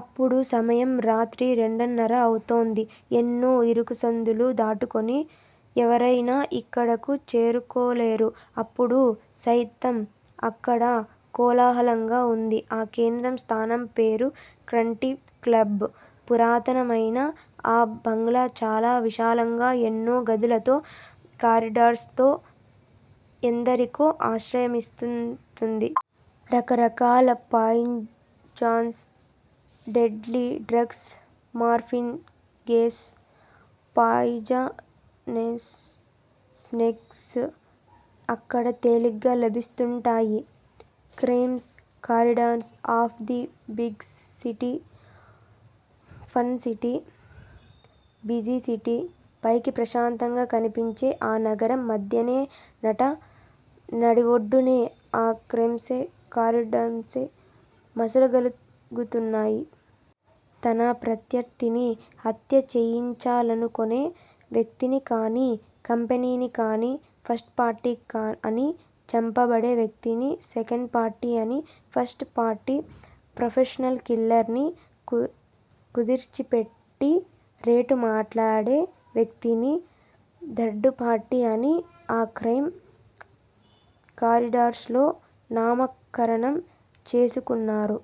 అప్పుడు సమయం రాత్రి రెండున్నర అవుతుంది. ఎన్నో ఇరుకు సందులు దాటుకొని ఎవరయినా ఇక్కడకు చేరుకోలేరు. అప్పుడు సయితం అక్కడ కోలాహలంగా ఉంది. ఆ కేంద్రం స్థానం పేరు కంటీ క్లబ్. పురాతనమయిన ఆ బంగ్లా చాలా విశాలంగా, ఎన్నో గదులతో, కారిడార్స్ తో ఎందరికో ఆశ్రయమిస్తూంటుంది. రకరకాల poisons, deadly drugs, morphine, gas, poisonous snakes అక్కడ తేలిగ్గా లభిస్తుంటాయి. Crime corridors of the big city- fun city- busy city- పైకి ప్రశాంతంగా కనిపించే ఆ నగరం మధ్యనే, నట్ట నడిఒడ్డునే, ఆ క్రైమ్ కారిడార్స్ మసలగలుగుతున్నాయి. తన ప్రత్యర్ధిని హత్య చేయించాలను కొనే వ్యక్తినికాని, కంపెనీని కాని ఫస్ట్ పార్టీ అని, చంపబడే వ్యక్తిని సెకండ్ పార్టీ అని, ఫస్ట్ పార్టీ ప్రొఫెషనల్ కిల్లర్ ని కుదిర్చిపెట్టి రేట్ మాట్లాడే వ్యక్తిని థర్డుపార్టీ అని ఆ క్రైమ్ కారిడార్స్ లో నామకరణం చేసుకున్నారు.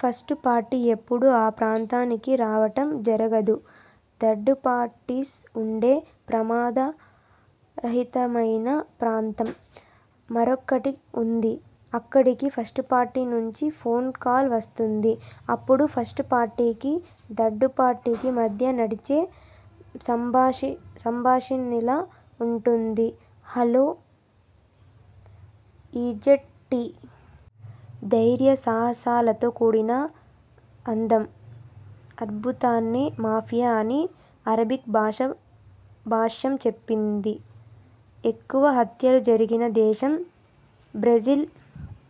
ఫస్టు పార్టీ ఎప్పుడూ ఆ ప్రాంతానికి రావటం జరగదు. థర్డు పార్టీస్ ఉండే ప్రమాదరహితమయిన ప్రాంతం మరొకటి ఉంది. అక్కడికి ఫస్టు పార్టీ నుంచి ఫోన్ కాల్ వస్తుంది. అప్పుడు ఫస్టు పార్టీకి, థర్డు పార్టీకి మధ్య నడిచే సంభాషిణిలా ఉంటుంది. హలో ఈజిట్ టి. ధైర్య సాహసాలతో కూడిన అందం, అద్భుతాన్నే మాఫియా అని అరబిక్ భాష భాష్యం చెప్పింది. ఎక్కువ హత్యలు జరిగిన దేశం బ్రెజిల్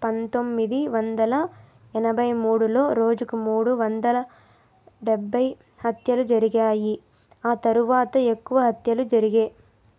పంతోమిది వందల ఎనబైమూడు లో రోజుకు మూడు వందలాడెబ్భై హత్యలు జరిగాయి. ఆ తరువాత ఎక్కువ హత్యలు జరిగే